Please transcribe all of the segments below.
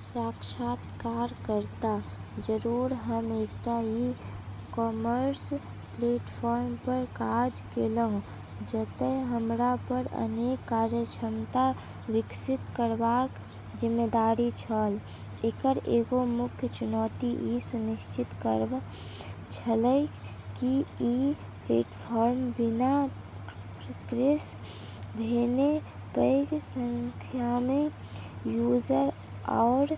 साक्षात्कारकर्ता: जरूर। हम एकटा ई-कॉमर्स प्लेटफॉर्म पर काज केलहुँ, जतय हमरा पर अनेक कार्यक्षमता विकसित करबाक जिम्मेदारी छल। एकर एगो मुख्य चुनौती ई सुनिश्चित करब छलै कि ई प्लेटफॉर्म बिना क्रैश भेने पैघ संख्यामे यूजर आओर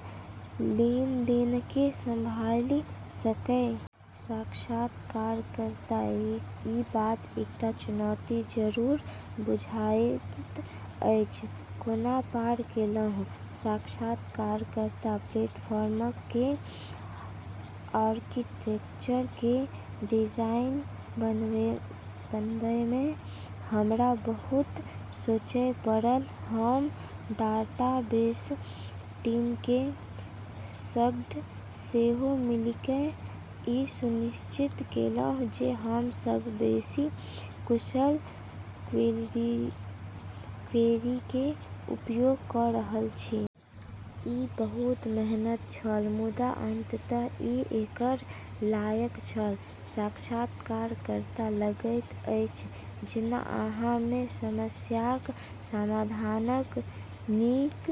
लेनदेनके संभालि सकै । साक्षात्कारकर्ता: ई बात एकटा चुनौती जरूर बुझाइत अछि। कोना पार केलहुँ? साक्षात्कारकर्ता: प्लेटफार्मके आर्किटेक्चरके डिजाइन बनबैमे हमरा बहुत सोचय पड़ल। हम डाटाबेस टीमके सङ्ग सेहो मिलिके ई सुनिश्चित केलहुँ जे हम सबसँ बेसी कुशल क्वेरीके उपयोग क' रहल छी । ई बहुत मेहनत छल, मुदा अंततः, ई एकर लायक छल। साक्षात्कारकर्ता: लगैत अछि जेना अहाँमे समस्याक समाधानक नीक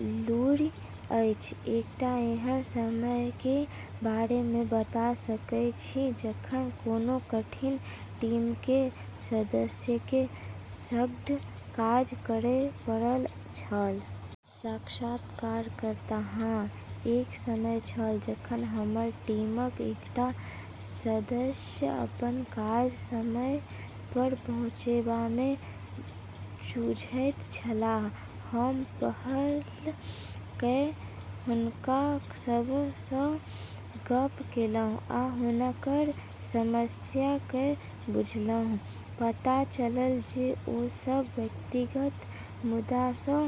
लूरि अछि। एकटा एहन समयके बारेमे बता सकय छी जखन कोनो कठिन टीमके सदस्यके सङ्ग काज करय पड़ल छल? साक्षात्कारकर्ता: हँ, एक समय छल जखन हमर टीमक एकटा सदस्य अपन काज समय पर पहुँचेबामे जूझैत छलाह। हम पहल कए हुनका सबसँ गप केलहुँ आ हुनकर समस्या कए बुझलहुँ । पता चलल जे ओ सब व्यक्तिगत मुद्दासँ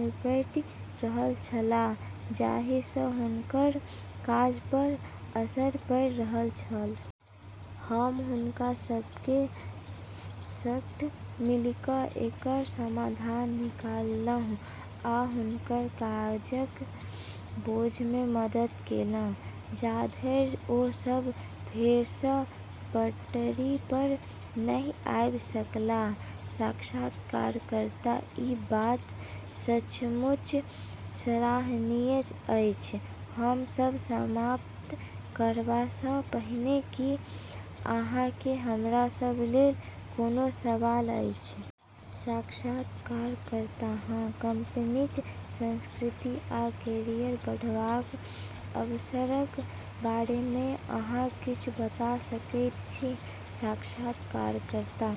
निपटि रहल छलाह जाहिसँ हुनकर काज पर असर पड़ि रहल छल। हम हुनका सबके सङ्ग मिलि क' एकर समाधान निकाललहुँ आ हुनकर काजक बोझमे मदद केलहुँ जा धरि ओ सब फेरसँ पटरी पर नहि आबि सकलाह। साक्षात्कारकर्ता: ई बात सचमुच सराहनीय अछि! हम सब समाप्त करबासँ पहिने की अहाँके हमरा सब लेल कोनो सवाल अछि? साक्षात्कारकर्ता: हँ, कंपनीक संस्कृति आ कैरियर बढ़बाक अवसरक बारेमे अहाँ किछु बता सकैत छी? साक्षात्कारकर्ता: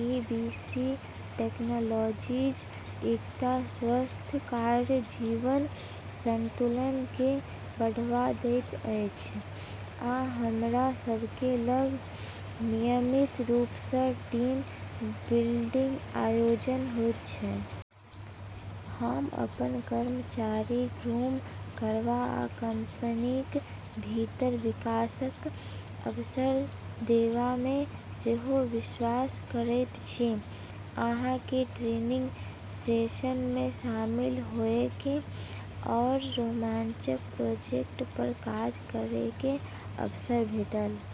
एबीसी टेक्नोलॉजीज एकटा स्वस्थ कार्य-जीवन संतुलनके बढ़ावा दैत छै, आ हमरा सबके लग नियमित रूपसँ टीम-बिल्डिंग आयोजन होइत छै । हम अपन कर्मचारीके ग्रूम करबा आ कंपनीक भीतर विकास क' अवसर देबामे सेहो विश्वास करैत छी। अहाँके ट्रेनिंग सेशनमे शामिल होइके आओर रोमांचक प्रोजेक्ट पर काज करैके अवसर भेटत ।